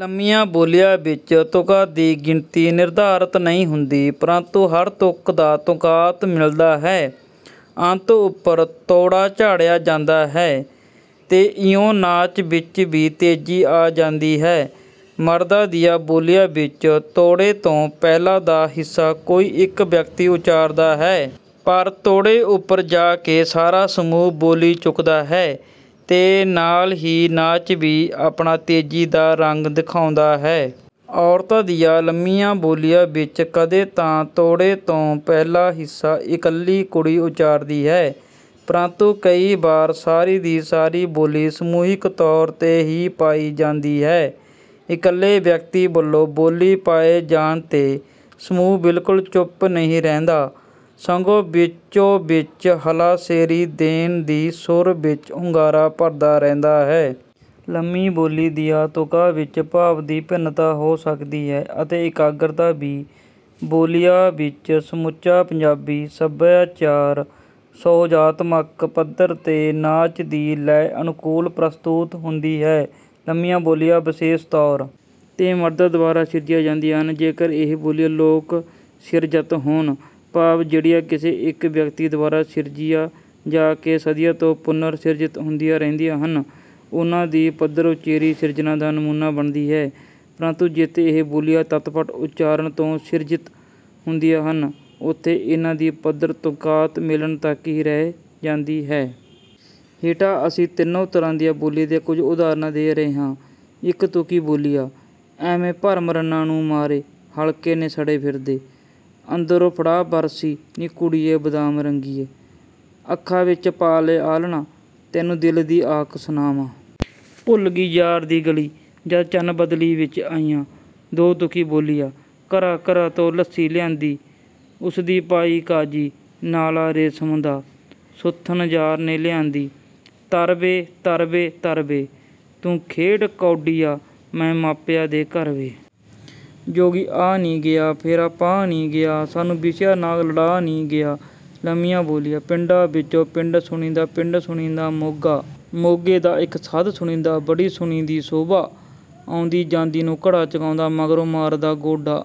ਲੰਮੀਆਂ ਬੋਲੀਆ ਵਿਚ ਤੁਕਾਂ ਦੀ ਗਿਣਤੀ ਨਿਰਧਾਰਤ ਨਹੀਂ ਹੁੰਦੀ| ਪਰੰਤੂ ਹਰ ਤੁਕ ਦਾ ਤੁਕਾਂਤ ਮਿਲ਼ਦਾ ਹੈ। ਅੰਤ ਉਪਰ ਤੋੜਾ ਝਾੜਿਆ ਜਾਂਦਾ ਹੈ ਤੇ ਇਉਂ ਨਾਚ ਵਿਚ ਵੀ ਤੇਜ਼ੀ ਆ ਜਾਂਦੀ ਹੈ। ਮਰਦਾਂ ਦੀਆਂ ਬੋਲੀਆਂ ਵਿਚ ਤੋੜੇ ਤੋਂ ਪਹਿਲਾਂ ਦਾ ਹਿੱਸਾ ਕੋਈ ਇਕ ਵਿਅਕਤੀ ਉਚਾਰਦਾ ਹੈ ਪਰ ਤੋੜੇ ਉਪਰ ਜਾ ਕੇ ਸਾਰਾ ਸਮੂਹ ਬੋਲੀ ਚੁੱਕਦਾ ਹੈ ਤੇ ਨਾਲ ਹੀ ਨਾਚ ਵੀ ਆਪਣਾ ਤੇਜ਼ੀ ਦਾ ਰੰਗ ਦਿਖਾਉਂਦਾ ਹੈ। ਔਰਤਾਂ ਦੀਆਂ ਲੰਮੀਆਂ ਬੋਲੀਆਂ ਵਿਚ ਕਦੇ ਤਾਂ ਤੋੜੇ ਤੋਂ ਪਹਿਲਾ ਹਿੱਸਾ ਇਕੱਲੀ ਕੁੜੀ ਉਚਾਰਦੀ ਹੈ ਪਰੰਤੂ ਕਈ ਵਾਰ ਸਾਰੀ ਦੀ ਸਾਰੀ ਬੋਲੀ ਸਮੂਹਿਕ ਤੌਰ ਤੇ ਹੀ ਪਾਈ ਜਾਂਦੀ ਹੈ। ਇਕੱਲੇ ਵਿਅਕਤੀ ਵਲੋਂ ਬੋਲੀ ਪਾਏ ਜਾਣ ਤੇ ਸਮੂਹ ਬਿਲਕੁਲ ਚੁੱਪ ਨਹੀਂ ਰਹਿੰਦਾ ਸਗੋਂ ਵਿਚੋ ਵਿਚ ਹਲਾਸ਼ੇਰੀ ਦੇਣ ਦੀ ਸੁਰ ਵਿਚ ਹੁੰਗਾਰਾ ਭਰਦਾ ਰਹਿੰਦਾ ਹੈ। ਲੰਮੀ ਬੋਲੀ ਦੀਆਂ ਤੁਕਾਂ ਵਿਚ ਭਾਵ ਦੀ ਭਿੰਨਤਾ ਹੋ ਸਕਦੀ ਹੈ ਅਤੇ ਇਕਾਗਰਤਾ ਵੀ। ਬੋਲੀਆਂ ਵਿਚ ਸਮੁੱਚਾ ਪੰਜਾਬੀ ਸਭਿਆਚਾਰ ਸੁਹਜਾਤਮਕ ਪੱਧਰ ਤੇ ਨਾਚ ਦੀ ਲੈਅ ਅਨੁਕੂਲ ਪ੍ਰਸਤੁਤ ਹੁੰਦੀ ਹੈ। ਲੰਮੀਆਂ ਬੋਲੀਆਂ ਵਿਸ਼ੇਸ਼ ਤੌਰ ਤੇ ਮਰਦਾਂ ਦੁਆਰਾ ਸਿਰਜੀਆਂ ਜਾਂਦੀਆਂ ਹਨ, ਜੇ ਕਰ ਇਹ ਬੋਲੀਆ ਲੋਕ ਸਿਰਜਤ ਹੋਣ| ਭਾਵ ਜਿਹੜੀਆ ਕਿਸੇ ਇਕ ਵਿਅਕਤੀ ਦੁਆਰਾ ਸਿਰਜੀਆਂ ਜਾ ਕੇ ਸਦੀਆਂ ਤੋਂ ਪੁਨਰ ਸਿਰਜਿਤ ਹੁੰਦੀਆਂ ਰਹਿੰਦੀਆ ਹਨ| ਉਨ੍ਹਾਂ ਦੀ ਪੱਧਰ ਉਚੇਰੀ ਸਿਰਜਣਾ ਦਾ ਨਮੂਨਾ ਬਣਦੀ ਹੈ ਪਰੰਤੂ ਜਿੱਥੇ ਇਹ ਬੋਲੀਆਂ ਤੱਤਫੱਟ ਉਚਾਰਣ ਤੋਂ ਸਿਰਜਿਤ ਹੁੰਦੀਆਂ ਹਨ ਉੱਥੇ ਇਨ੍ਹਾਂ ਦੀ ਪੱਧਰ ਤੁਕਾਂਤ ਮੇਲਣ ਤਕ ਹੀ ਰਹਿ ਜਾਂਦੀ ਹੈ। ਹੇਠਾਂ ਅਸੀਂ ਤਿੰਨੋਂ ਤਰ੍ਹਾਂ ਦੀਆਂ ਬੋਲੀਆਂ ਦੀਆਂ ਕੁਝ ਉਦਾਹਣਾਂ ਦੇ ਰਹੇ ਹਾਂ। ਇਕ ਤੁਕੀ ਬੋਲੀਆਂ, ਐਵੇਂ ਭਰਮ ਰੰਨਾਂ ਨੂੰ ਮਾਰੇ ਹਲਕੇ ਨੇ ਛੜੇ ਫਿਰਦੇ। ਅੰਦਰੋਂ ਫੜਾ ਬਰਛੀ ਨੀ ਕੁੜੀਏ ਬਦਾਮ ਰੰਗੀਏ। ਅੱਖਾਂ ਵਿਚ ਪਾ ਲੈ ਆਲ੍ਹਣਾ, ਤੈਨੂੰ ਦਿਲ ਦੀ ਆਖ ਸੁਣਾਵਾਂ। ਭੁੱਲ ਗਈ ਯਾਰ ਦੀ ਗਲ਼ੀ, ਜਦ ਚੰਨ ਬਦਲੀ ਵਿਚ ਆਇਆ। ਦੋ ਤੁਕੀ ਬੋਲੀਆਂ, ਘਰਾਂ ਘਰਾਂ ਤੋਂ ਲੱਸੀ ਲਿਆਂਦੀ, ਉਸਦੀ ਪਾਈ ਕਾਂਜੀ, ਨਾਲਾ ਰੇਸ਼ਮ ਦਾ ਸੁੱਥਣ ਯਾਰ ਨੇ ਲਿਆਂਦੀ। ਤਰ ਵੇ ਤਰ ਵੇ ਤਰ ਵੇ, ਤੂੰ ਖੇਡ ਕੌਡੀਆਂ ਮੈਂ ਮਾਪਿਆਂ ਦੇ ਘਰ ਵੇ। ਜੋਗੀ ਆ ਨੀ ਗਿਆ, ਫੇਰਾ ਪਾ ਨੀ ਗਿਆ, ਸਾਨੂੰ ਬਿਸੀਅਰ ਨਾਗ ਲੜਾ ਨੀ ਗਿਆ। ਲੰਮੀਆਂ ਬੋਲੀਆਂ, ਪਿੰਡਾਂ ਵਿਚੋਂ ਪਿੰਡ ਸੁਣੀਦਾ ਪਿੰਡ ਸੁਣੀਂਦਾ ਮੋਗਾ, ਮੋਗੇ ਦਾ ਇਕ ਸਾਧ ਸੁਣੀਂਦਾ ਬੜੀ ਸੁਣੀਂਦੀ ਸੋਭਾ। ਆਉਂਦੀ ਜਾਂਦੀ ਨੂੰ ਘੜਾ ਚਕਾਉਂਦਾ ਮਗਰੋਂ ਮਾਰਦਾ ਗੋਡਾ।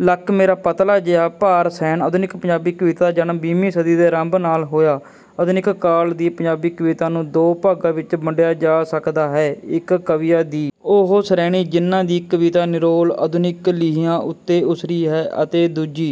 ਲੱਕ ਮੇਰਾ ਪਤਲਾ ਜਿਹਾ ਭਾਰ ਸਹਿਣ। ਆਧੁਨਿਕ ਪੰਜਾਬੀ ਕਵਿਤਾ ਦਾ ਜਨਮ ਵੀਹਵੀਂ ਸਦੀ ਦੇ ਆਰੰਭ ਨਾਲ ਹੋਇਆ। ਆਧੁਨਿਕ ਕਾਲ ਦੀ ਪੰਜਾਬੀ ਕਵਿਤਾ ਨੂੰ ਦੋ ਭਾਗਾਂ ਵਿੱਚ ਵੰਡਿਆ ਜਾ ਸਕਦਾ ਹੈ। ਇੱਕ ਕਵੀਆਂ ਦੀ ਉਹ ਸ਼੍ਰੇਣੀ ਜਿਹਨਾਂ ਦੀ ਕਵਿਤਾ ਨਿਰੋਲ ਆਧੁਨਿਕ ਲੀਹਾਂ ਉੱਤੇ ਉਸਰੀ ਹੈ, ਅਤੇ ਦੂਜੀ